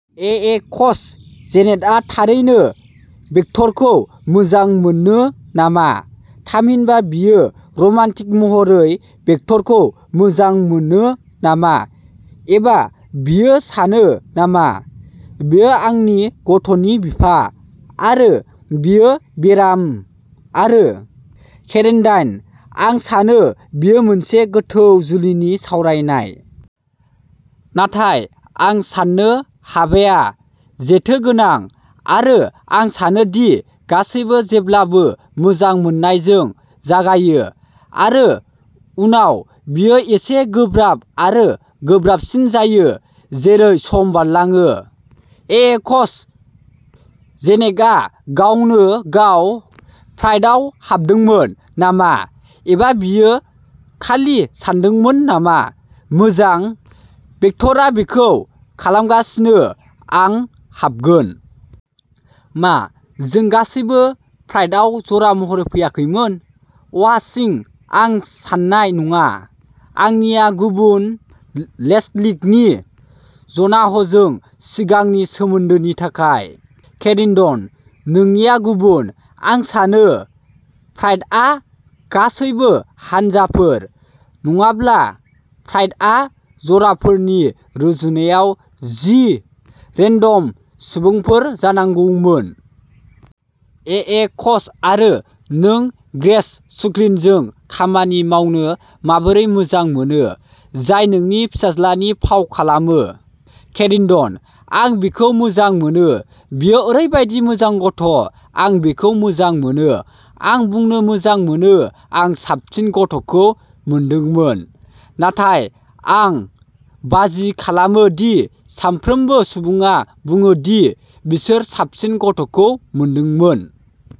एएक्सः जेनेटआ थारैनो भिक्टरखौ मोजां मोनो नामा? थामहिनबा, बियो रमान्टिक महरै भिक्टरखौ मोजां मोनो नामा, एबा बियो सानो नामा, "बियो आंनि गथ'नि बिफा, आरो बियो बेराम आरो? "? केरेडाइनः आं सानो बेयो मोनसे गोथौ जुलिनि सावरायनाय। नाथाय आं सानो हाबाया जेथो गोनां, आरो आं सानो दि गासैबो जेब्लाबो मोजां मोननायजों जागायो, आरो उनाव बेयो एसे गोब्राब आरो गोब्राबसिन जायो जेरै सम बारलाङो। एएक्सः जेनेटआ गावनो गाव प्राइडआव हाबदोंमोन नामा, एबा बियो खालि सानदोंमोन नामा, "मोजां, भिक्टरआ बेखौ खालामगासिनो, आं हाबगोन"? मा जों गासैबो प्राइडआव जरा महरै फैयाखैमोन? वार्शिंः आं सान्नाय नङा। आंनिआ गुबुन लेस्लिनि ज'नाहजों सिगांनि सोमोन्दोनि थाखाय। केरेडिनः नोंनिआ गुबुन। आं सानो प्राइडआ गासैबो हानजाफोर। नङाब्ला, प्राइडआ जराफोरनि रुजुनायाव जि रेन्डम सुबुंफोर जानांगौमोन। एएक्सः आरो नों ग्रेग सुल्किनजों खामानि मावनो माबोरै मोजां मोनो, जाय नोंनि फिसाज्लानि फाव खालामो? केरेडिनः आं बिखौ मोजां मोनो। बियो ओरैबायदि मोजां गथ'। आं बिखौ मोजां मोनो। आं बुंनो मोजां मोनो आं साबसिन गथ'खौ मोनदोंमोन, नाथाय आं बाजि खालामो दि साफ्रोमबो सुबुङा बुङो दि बिसोर साबसिन गथ'खौ मोनदोंमोन।